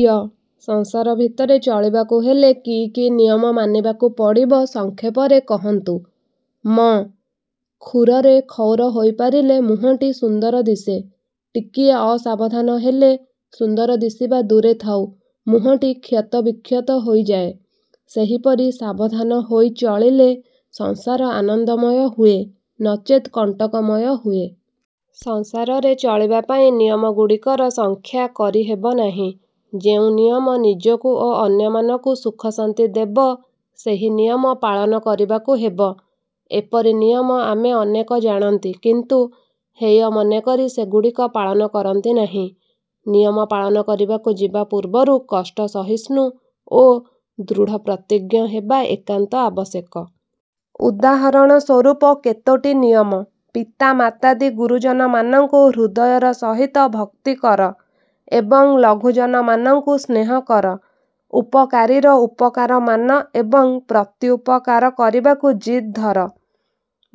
ୟ-ସଂସାର ଭିତରେ ଚଳିବାକୁ ହେଲେ କି କି ନିୟମ ମାନିବାକୁ ପଡ଼ିବ, ସଂକ୍ଷେପରେ କହନ୍ତୁ। ମ-କ୍ଷୁରରେ କ୍ଷୌର ହୋଇପାରିଲେ ମୁହଁଟି ସୁନ୍ଦର ଦିଶେ। ଟିକିଏ ଅସାବଧାନ ହେଲେ ସୁନ୍ଦର ଦିଶିବା ଦୂରେ ଥାଉ ମୁହଁଟି କ୍ଷତ ବିକ୍ଷତ ହୋଇଯାଏ। ସେହିପରି ସାବଧାନ ହୋଇ ଚଳିଲେ ସଂସାର ଆନନ୍ଦମୟ ହୁଏ, ନଚେତ୍ କଣ୍ଟକମୟ ହୁଏ। ସଂସାରରେ ଚଳିବା ପାଇଁ ନିୟମଗୁଡ଼ିକର ସଂଖ୍ୟା କରି ହେବ ନାହିଁ। ଯେଉଁ ନିୟମ ନିଜକୁ ଓ ଅନ୍ୟମାନଙ୍କୁ ସୁଖଶାନ୍ତି ଦେବ ସେହି ନିୟମ ପାଳନ କରିବାକୁ ହେବ। ଏପରି ନିୟମ ଆମେ ଅନେକ ଜାଣନ୍ତି କିନ୍ତୁ ହେୟ ମନେକରି ସେଗୁଡ଼ିକ ପାଳନ କରନ୍ତି ନାହିଁ। ନିୟମ ପାଳନ କରିବାକୁ ଯିବା ପୂର୍ବରୁ କଷ୍ଟ ସହିଷ୍ଣୁ ଓ ଦୃଢ଼ ପ୍ରତିଜ୍ଞ ହେବା ଏକାନ୍ତ ଆବଶ୍ୟକ। ଉଦାହରଣ ସ୍ୱରୂପ କେତୋଟି ନିୟମ- ପିତାମାତାଦି ଗୁରୁଜନମାନଙ୍କୁ ହୃଦୟର ସହିତ ଭକ୍ତି କର ଏବଂ ଲଘୁଜନମାନଙ୍କୁ ସ୍ନେହ କର। ଉପକାରୀର ଉପକାର ମାନ ଏବଂ ପ୍ରତ୍ୟୁପକାର କରିବାକୁ ଜିଦ୍ଧର।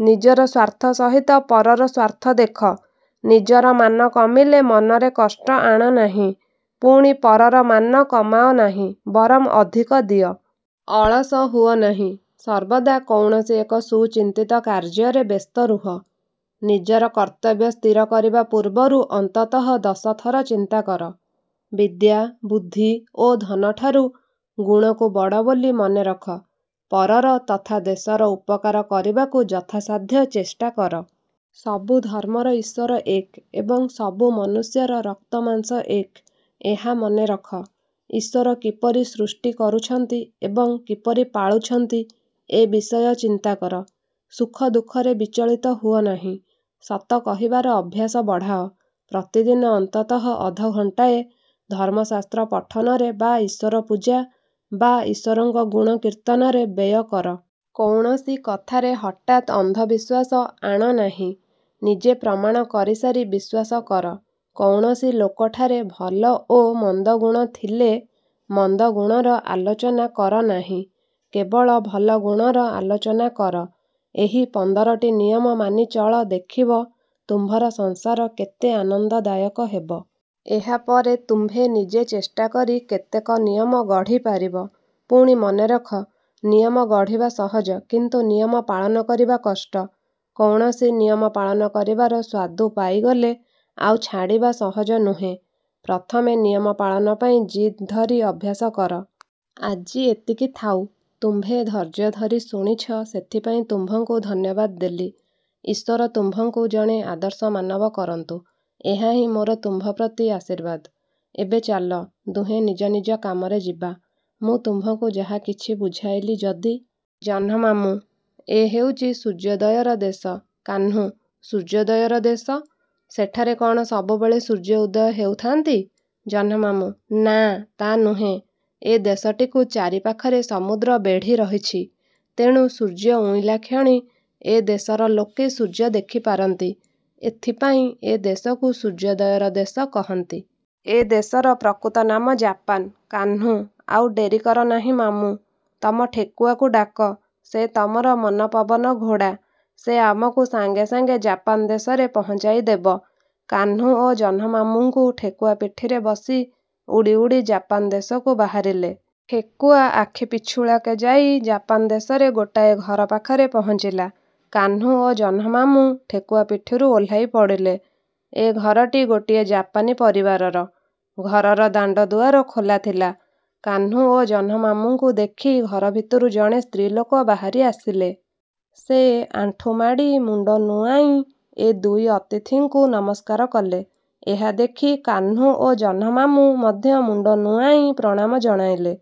ନିଜର ସ୍ଵାର୍ଥ ସହିତ ପରର ସ୍ଵାର୍ଥ ଦେଖ। ନିଜର ମାନ କମିଲେ ମନରେ କଷ୍ଟ ଆଣ ନାହିଁ, ପୁଣି ପରର ମାନ କମାଅ ନାହିଁ ବରଂ ଅଧିକ ଦିଅ। ଅଳସ ହୁଅ ନାହିଁ, ସର୍ବଦା କୌଣସି ଏକ ସୁଚିନ୍ତିତ କାର୍ଯ୍ୟରେ ବ୍ୟସ୍ତ ରୁହ। ନିଜର କର୍ତ୍ତବ୍ୟ ସ୍ଥିର କରିବା ପୂର୍ବରୁ ଅନ୍ତତଃ ଦଶ ଥର ଚିନ୍ତା କର। ବିଦ୍ୟା, ବୁଦ୍ଧି ଓ ଧନଠାରୁ ଗୁଣକୁ ବଡ଼ ବୋଲି ମନେରଖ। ପରର ତଥା ଦେଶର ଉପକାର କରିବାକୁ ଯଥାସାଧ୍ୟ ଚେଷ୍ଟା କର। ସବୁ ଧର୍ମର ଈଶ୍ଵର ଏକ ଏବଂ ସବୁ ମନୁଷ୍ୟର ରକ୍ତ ମାଂସ ଏକ, ଏହା ମନେରଖ। ଈଶ୍ଵର କିପରି ସୃଷ୍ଟି କରୁଛନ୍ତି ଏବଂ କିପରି ପାଳୁଛନ୍ତି ଏ ବିଷୟ ଚିନ୍ତା କର। ସୁଖ ଦୁଃଖରେ ବିଚଳିତ ହୁଅ ନାହିଁ। ସତ କହିବାର ଅଭ୍ୟାସ ବଢ଼ାଅ ପ୍ରତିଦିନ ଅନ୍ତତଃ ଅଧଘଣ୍ଟାଏ ଧର୍ମଶାସ୍ତ୍ର ପଠନରେ ବା ଈଶ୍ଵର ପୂଜା ବା ଈଶ୍ଵରଙ୍କ ଗୁଣ କୀର୍ତ୍ତନରେ ବ୍ୟୟ କର। କୌଣସି କଥାରେ ହଠାତ୍ ଅନ୍ଧବିଶ୍ଵାସ ଆଣ ନାହିଁ-। ନିଜେ ପ୍ରମାଣ କରିସାରି ବିଶ୍ଵାସ କର। କୌଣସି ଲୋକଠାରେ ଭଲ ଓ ମନ୍ଦ ଗୁଣ ଥିଲେ, ମନ୍ଦ ଗୁଣର ଆଲୋଚନା କର ନାହିଁ, କେବଳ ଭଲ ଗୁଣର ଆଲୋଚନା କର। ଏହି ପନ୍ଦରଟି ନିୟମ ମାନି ଚଳ ଦେଖିବ, ତୁମ୍ଭର ସଂସାର କେତେ ଆନ୍ଦନଦାୟକ ହେବ। ଏହାପରେ ତୁମ୍ଭେ ନିଜେ ଚେଷ୍ଟା କରି କେତେକ ନିୟମ ଗଢ଼ିପାରିବ। ପୁଣି ମନେରଖ ନିୟମ ଗଢ଼ିବା ସହଜ କିନ୍ତୁ ନିୟମ ପାଳନ କରିବା କଷ୍ଟ। କୌଣସି ନିୟମ ପାଳନ କରିବାର ସ୍ଵାଦୁ ପାଇଗଲେ ଆଉ ଛାଡ଼ିବା ସହଜ ନୁହେଁ। ପ୍ରଥମେ ନିୟମ ପାଳନ ପାଇଁ ଜିଦ୍ ଧରି ଅଭ୍ୟାସ କର। ଆଜି ଏତିକି ଥାଉ। ତୁମ୍ଭେ ଧୈର୍ଯ୍ୟ ଧରି ଶୁଣିଛ ସେଥିପାଇଁ ତୁମ୍ଭଙ୍କୁ ଧନ୍ୟବାଦ ଦେଲି। ଈଶ୍ଵର ତୁମ୍ଭଙ୍କୁ ଜଣେ ଆଦର୍ଶ ମାନବ କରନ୍ତୁ। ଏହାହିଁ ମୋର ତୁମ୍ଭ ପ୍ରତି ଆଶୀର୍ବାଦ। ଏବେ ଚାଲ, ଦୁହେଁ ନିଜ ନିଜ କାମରେ ଯିବା। ମୁଁ ତୁମ୍ଭଙ୍କୁ ଯାହା କିଛି ବୁଝାଇଲି ଯଦି। ଜହ୍ନମାମୁଁ-ଏ ହେଉଛି "ସୂର୍ଯ୍ୟୋଦୟର ଦେଶ"। କାହ୍ନୁ-ସୂର୍ଯ୍ୟୋଦୟର ଦେଶ! ସେଠାରେ କ'ଣ ସବୁବେଳେ ସୂର୍ଯ୍ୟ ଉଦୟ ହେଉଥାନ୍ତି-? ଜହ୍ନମାମୁ-ନାଁ, ତା' ନୁହେଁ। ଏ ଦେଶଟିକୁ ଚାରିପାଖରେ ସମୁଦ୍ର ବେଢ଼ି ରହିଛି। ତେଣୁ ସୂର୍ଯ୍ୟ ଉଇଁଲାକ୍ଷଣି ଏ ଦେଶର ଲୋକେ ସୂର୍ଯ୍ୟ ଦେଖିପାରନ୍ତି। ଏଥିପାଇଁ ଏ ଦେଶକୁ "ସୂର୍ଯ୍ୟୋଦୟର ଦେଶ" କହନ୍ତି। ଏ ଦେଶର ପ୍ରକୃତ ନାମ ଜାପାନ। କାହ୍ନୁ-ଆଉ ଡେରିକର ନାହିଁ ମାମୁଁ! ତମ ଠେକୁଆକୁ ଡାକ। ସେ ତମର ମନପବନ ଘୋଡ଼ା। ସେ ଆମକୁ ସାଙ୍ଗେ ସାଙ୍ଗେ ଜାପାନ ଦେଶରେ ପହଞ୍ଚାଇ ଦେବ। କାହ୍ନୁ ଓ ଜହ୍ନମାମୁଁଙ୍କୁ ଠେକୁଆ ପିଠିରେ ବସି ଉଡ଼ି ଉଡ଼ି ଜାପାନ ଦେଶକୁ ବାହାରିଲେ। ଠେକୁଆ ଆଖି ପିଛୁଳାକେ ଯାଇ ଜାପାନ ଦେଶରେ ଗୋଟାଏ ଘର ପାଖରେ ପହଞ୍ଚିଲା-। କାହ୍ନୁ ଓ ଜହ୍ନମାମୁଁ ଠେକୁଆ ପିଠିରୁ ଓହ୍ଲାଇ ପଡ଼ିଲେ। ଏ ଘରଟି ଗୋଟିଏ ଜାପାନୀ ପରିବାରର-। ଘରର ଦାଣ୍ଡଦୁଆର ଖୋଲା ଥିଲା। କାହ୍ନୁ ଓ ଜହ୍ନମାମୁଁଙ୍କୁ ଦେଖି ଘର ଭିତରୁ ଜଣେ ସ୍ତ୍ରୀଲୋକ ବାହାରି ଆସିଲେ। ସେ ଆଣ୍ଠୁମାଡ଼ି, ମୁଣ୍ଡ ନୁଆଇଁ ଏ ଦୁଇ ଅତିଥିଙ୍କୁ ନମସ୍କାର କଲେ। ଏହା ଦେଖି କାହ୍ନୁ ଓ ଜହ୍ନମାମୁଁ ମଧ୍ୟ ମୁଣ୍ଡ ନୁଆଇଁ ପ୍ରଣାମ ଜଣାଇଲେ।